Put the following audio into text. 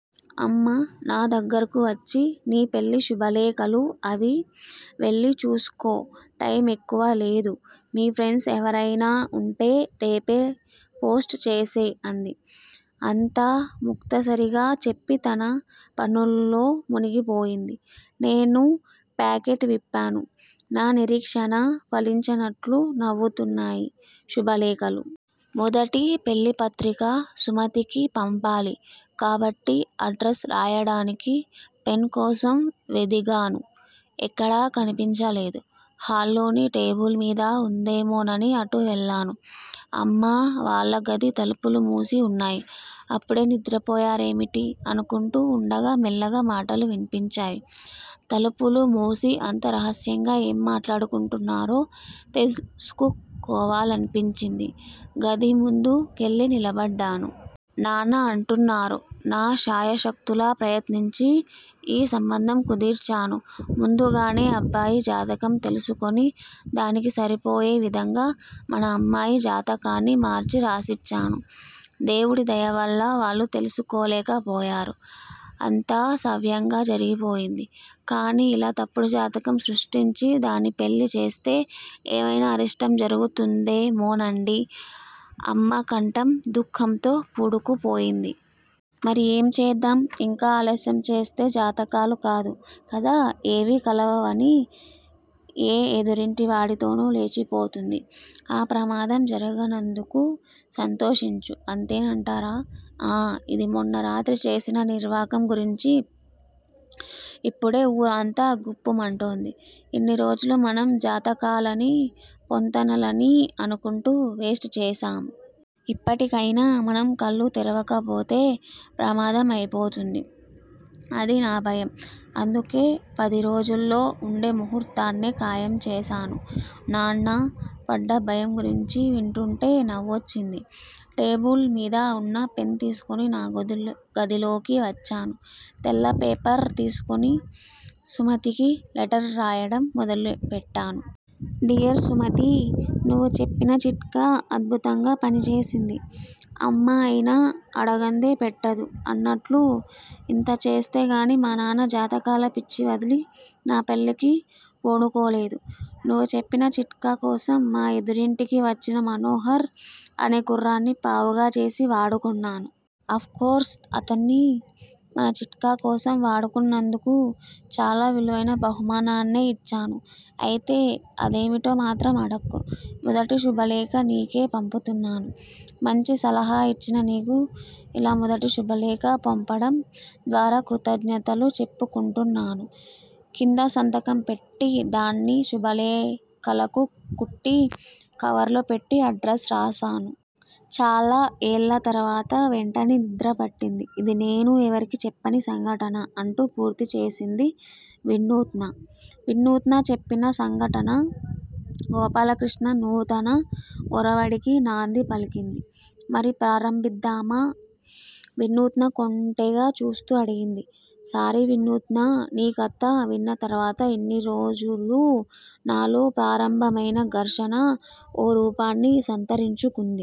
అమ్మ నా దగ్గరకు వచ్చి నీ పెళ్ళి శుభలేఖలు అవి వెళ్ళి చూసుకో టైమ్ ఎక్కువ లేదు. మీ ఫ్రెండ్స్ ఎవరైనా వుంటే రేపే పోస్ట్ చేసెయ్ అంది. అంతా ముక్తసరిగా చెప్పి తన పనుల్లో మునిగిపోయింది. నేను ప్యాకెట్ విప్పాను నా నిరీక్షణ ఫలించినట్లు నవ్వుతున్నాయి శుభలేఖలు. మొదటి పెళ్ళిపత్రిక సుమతికి పంపాలి కాబట్టి అడ్రస్ రాయడానికి పెన్ కోసం వెదికాను ఎక్కడా కనిపించలేదు. హాల్లోని టేబుల్ మీద వుందేమోనని అటు వెళ్ళాను. అమ్మా వాళ్ళ గది తలుపులు మూసి వున్నాయి. అప్పుడే నిద్రపోయారేమిటి అనుకుంటూ వుండగా మెల్లగా మాటలు విన్పించాయి. తలుపులు మూసి అంత రహస్యంగా ఏం మాట్లాడుకుంటున్నారో తెలుసుకోవాలనిపించి గది ముందు కెళ్ళి నిలబడ్డాను. నాన్న అంటున్నారు- నా శాయశక్తులా ప్రయత్నించి ఈ సంబంధం కుదిర్చాను. ముందుగానే అబ్బాయి జాతకం తెలుసుకుని, దానికి సరిపోయే విధంగా మన అమ్మాయి జాతకాన్ని మార్చి రాసిచ్చాను. దేవుడి దయవల్ల వాళ్ళు తెలుసుకోలేకపోయారు. అంతా సవ్యంగా జరిగిపోయింది. కానీ ఇలా తప్పుడు జాతకం సృష్టించి దాని పెళ్ళి చేస్తే ఏమైనా అరిష్టం జరుగుతుందేమోనండీ అమ్మ కంఠం దుఃఖంతో పూడుకుపోయింది. మరి ఏం చేద్దాం? ఇంకా ఆలస్యం చేస్తే జాతకాలు కాదు కదా ఏవీ కలవని ఏ ఎదురింటివాడితోనో లేచిపోతుంది. ఆ ప్రమాదం జరగనందుకు సంతోషించు. అంతేనంటారా? ఆఁ ఇది మొన్న రాత్రి చేసిన నిర్వాకం గురించి అప్పుడే ఊరంతా గుప్పుమంటోంది. ఇన్ని రోజులూ మనం జాతకాలనీ, పొంతనలనీ అనుకుంటూ వేస్ట్ చేశాం. ఇప్పటికయినా మనం కళ్ళు తెరవక పోతే ప్రమాదం అయిపోతుంది. అదీ నా భయం. అందుకే పదిరోజుల్లో వుండే ముహూర్తాన్నే ఖాయం చేశాను. నాన్న పడ్డ భయం గురించి వింటుంటే నవ్వొచ్చింది. టేబుల్ మీద వున్న పెన్ తీసుకుని నా గదిలోకి వచ్చాను. తెల్ల పేపర్ తీసుకుని సుమతికి లెటర్ రాయడం మొదలుపెట్టాను. డియర్ సుమతీ! నువ్వు చెప్పిన చిట్కా అద్బుతంగా పనిచేసింది. అమ్మ అయినా అడగందే పెట్టదు అన్నట్లు ఇంత చేస్తేగానీ మా నాన్న జాతకాల పిచ్చి వదిలి నా పెళ్ళికి పూనుకోలేదు. నువ్వు చెప్పిన చిట్కా కోసం మా ఎదురింటికి వచ్చిన మనోహర్ అనే కుర్రాడ్ని పావుగా చేసి వాడుకున్నాను. అఫ్ కోర్స్ అతన్ని మన చిట్కా కోసం వాడుకున్నందుకు చాలా విలువైన బహుమానాన్నే ఇచ్చాను. అయితే అదేమిటో మాత్రం అడక్కు. మొదటి శుభలేఖ నీకే పంపుతున్నాను. మంచి సలహా ఇచ్చిన నీకు ఇలా మొదటి శుభలేఖ పంపడం ద్వారా కృతజ్ఞతలు చెప్పుకుంటున్నాను. కింద సంతకం పెట్టి దాన్ని శుభలేఖలకు కుట్టి, కవర్ లో పెట్టి అడ్రస్ రాశాను. చాలా ఏళ్ల తరువాత వెంటనే నిద్ర పట్టింది. ఇది నేను ఎవరికీ చెప్పని సంఘటన అంటూ పూర్తి చేసింది వినూత్న. వినూత్న చెప్పిన సంఘటన గోపాలకృష్ణ నూతన ఒరవడికి నాంది పలికింది. మరి ప్రారంభిద్దామా? వినూత్న కొంటెగా చూస్తూ అడిగింది. సారీ వినూత్నా! నీ కథ విన్న తర్వాత ఇన్ని రోజులూ నాలో ప్రారంభమైన ఘర్షణ ఓ రూపాన్ని సంతరించుకుంది.